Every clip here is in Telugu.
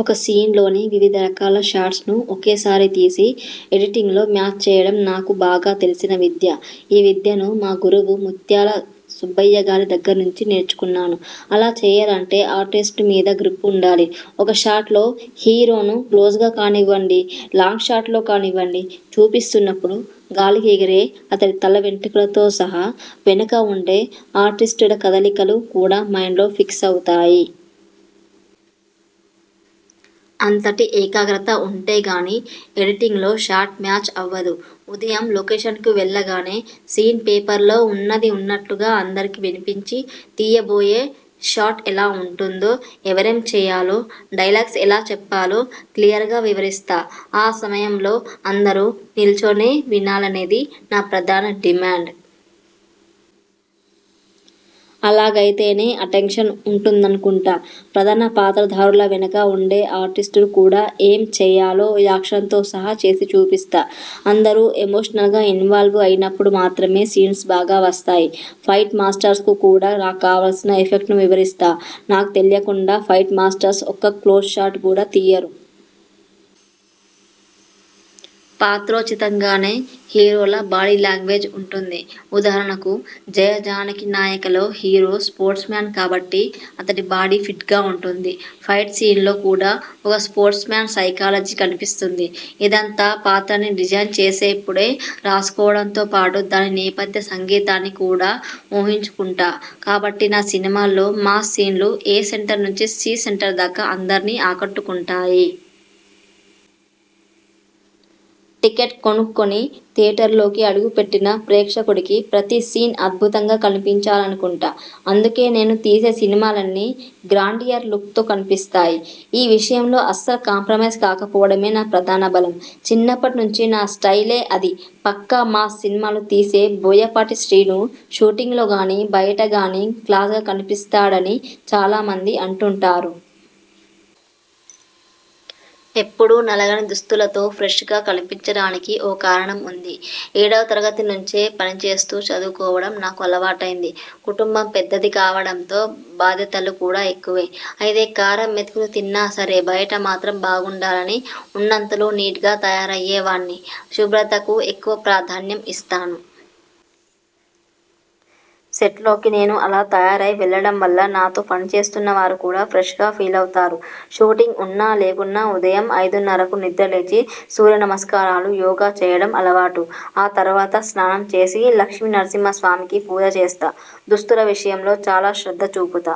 ఒక సీన్లోని వివిధ రకాల షాట్స్ను ఒకేసారి తీసి ఎడిటింగ్లో మ్యాచ్ చేయడం నాకు బాగా తెలిసిన విద్య. ఈ విద్యను మా గురువు ముత్యాల సుబ్బయ్యగారి దగ్గరి నుంచి నేర్చుకున్నాను. అలా చేయాలంటే ఆర్టిస్టు మీద గ్రిప్ ఉండాలి. ఒక షాట్లో హీరోను క్లోజ్గా కానివ్వండి, లాంగ్షాట్లో కానివ్వండి చూపిస్తున్నప్పుడు గాలికి ఎగిరే అతడి తల వెంట్రుకలతో సహా వెనుక ఉండే ఆర్టిస్టుల కదలికలు కూడా మైండ్లో ఫిక్స్ అవుతాయి. అంతటి ఏకాగ్రత ఉంటేగానీ ఎడిటింగ్లో షాట్ మ్యాచ్ అవ్వదు. ఉదయం లొకేషన్కు వెళ్లగానే సీన్ పేపర్స్లో ఉన్నది ఉన్నట్టుగా అందరికీ వినిపించి, తీయబోయే షాట్ ఎలా ఉంటుందో, ఎవరేం చేయాలో, డైలాగ్స్ ఎలా చెప్పాలో క్లియర్గా వివరిస్తా. ఆ సమయంలో అందరూ నిల్చునే వినాలనేది నా ప్రధాన డిమాండ్. అలాగైతేనే అటెన్షన్ ఉంటుందనుకుంటా. ప్రధాన పాత్రధారుల వెనుక ఉండే ఆర్టిస్టులు కూడా ఏం చేయాలో యాక్షన్తో సహా చేసి చూపిస్తా. అందరూ ఎమోషనల్గా ఇన్వాల్వ్ అయినప్పుడు మాత్రమే సీన్స్ బాగా వస్తాయి. ఫైట్ మాస్టర్స్కు కూడా నాక్కావాల్సిన ఎఫెక్ట్ను వివరిస్తా. నాకు తెలియకుండా ఫైట్మాస్టర్స్ ఒక్క క్లోజ్షాట్ కూడా తీయరు. పాత్రోచితంగానే హీరోల బాడీలాంగ్వేజ్ ఉంటుంది. ఉదాహరణకు 'జయ జానకి నాయక'లో హీరో స్పోర్ట్స్మ్యాన్ కాబట్టి అతడి బాడీ ఫిట్గా ఉంటుంది. ఫైట్ సీన్స్లో కూడా ఒక స్పోర్ట్స్మ్యాన్ సైకాలజీ కనిపిస్తుంది. ఇదంతా పాత్రల్ని డిజైన్ చేసేప్పుడే రాసుకోవడంతో పాటు, దాని నేపథ్య సంగీతాన్ని కూడా ఊహించుకుంటా కాబట్టి నా సినిమాల్లో మాస్ సీన్లు ఏ సెంటర్ నుంచి సి సెంటర్దాకా అందర్నీ ఆకట్టుకుంటాయి. టికెట్ కొనుక్కుని థియేటర్లోకి అడుగు పెట్టిన ప్రేక్షకుడికి ప్రతీ సీన్ అద్భుతంగా కనిపించాలనుకుంటా. అందుకే నేను తీసే సినిమాలన్నీ గ్రాండియర్ లుక్తో కనిపిస్తాయి. ఈ విషయంలో అస్సలు కాంప్రమైజ్ కాకపోవడమే నా ప్రధాన బలం. చిన్నప్పటి నుంచి నా 'స్టయిలే' అది 'పక్కా మాస్ సినిమాలు తీసే బోయపాటి శ్రీను షూటింగ్లోగానీ, బయటగానీ క్లాస్గా కనిపిస్తాడ'ని చాలామంది అంటుంటారు. ఎప్పుడూ నలగని దుస్తులతో 'ఫ్రెష్'గా కనిపించడానికి ఓ కారణం ఉంది. ఏడవ తరగతి నుంచే పనిచేస్తూ చదువుకోవడం నాకు అలవాటైంది. కుటుంబం పెద్దది కావడంతో బాధ్యతలు కూడా ఎక్కువే. అయితే కారం మెతుకులు తిన్నా సరే బయట మాత్రం బాగుండాలని, ఉన్నంతలో నీట్గా తయారయ్యేవాణ్ణి. శుభ్రతకు ఎక్కువ ప్రాధాన్యం ఇస్తాను. సెట్లోకి నేను అలా తయారై వెళ్లడం వల్ల నాతో పనిచేస్తున్నవారు కూడా ఫ్రెష్గా ఫీలవుతారు. షూటింగ్ ఉన్నా లేకున్నా ఉదయం ఐదున్నరకు నిద్రలేచి, సూర్య నమస్కారాలు, యోగా చేయడం అలవాటు. ఆ తర్వాత స్నానం చేసి లక్ష్మీనరసింహస్వామికి పూజ చేస్తా. దుస్తుల విషయంలో చాలా శ్రద్ధ చూపుతా.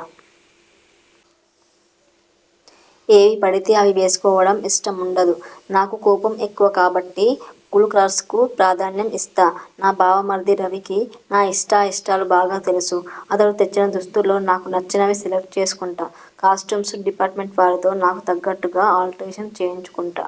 ఏవి పడితే అవి వేసుకోవడం ఇష్టం ఉండదు. నాకు కోపం ఎక్కువ కాబట్టి, కూల్కలర్స్కు ప్రాధాన్యం ఇస్తా. నా బావమరిది రవికి నా ఇష్టాయిష్టాలు బాగా తెలుసు. అతడు తెచ్చిన దుస్తుల్లో నాకు నచ్చినవి సెలెక్ట్ చేసుకుంటా. కాస్ట్యూమ్స్ డిపార్ట్మెంట్వారితో నాకు తగ్గట్టుగా ఆలే్ట్రషన్ చేయించుకుంటా.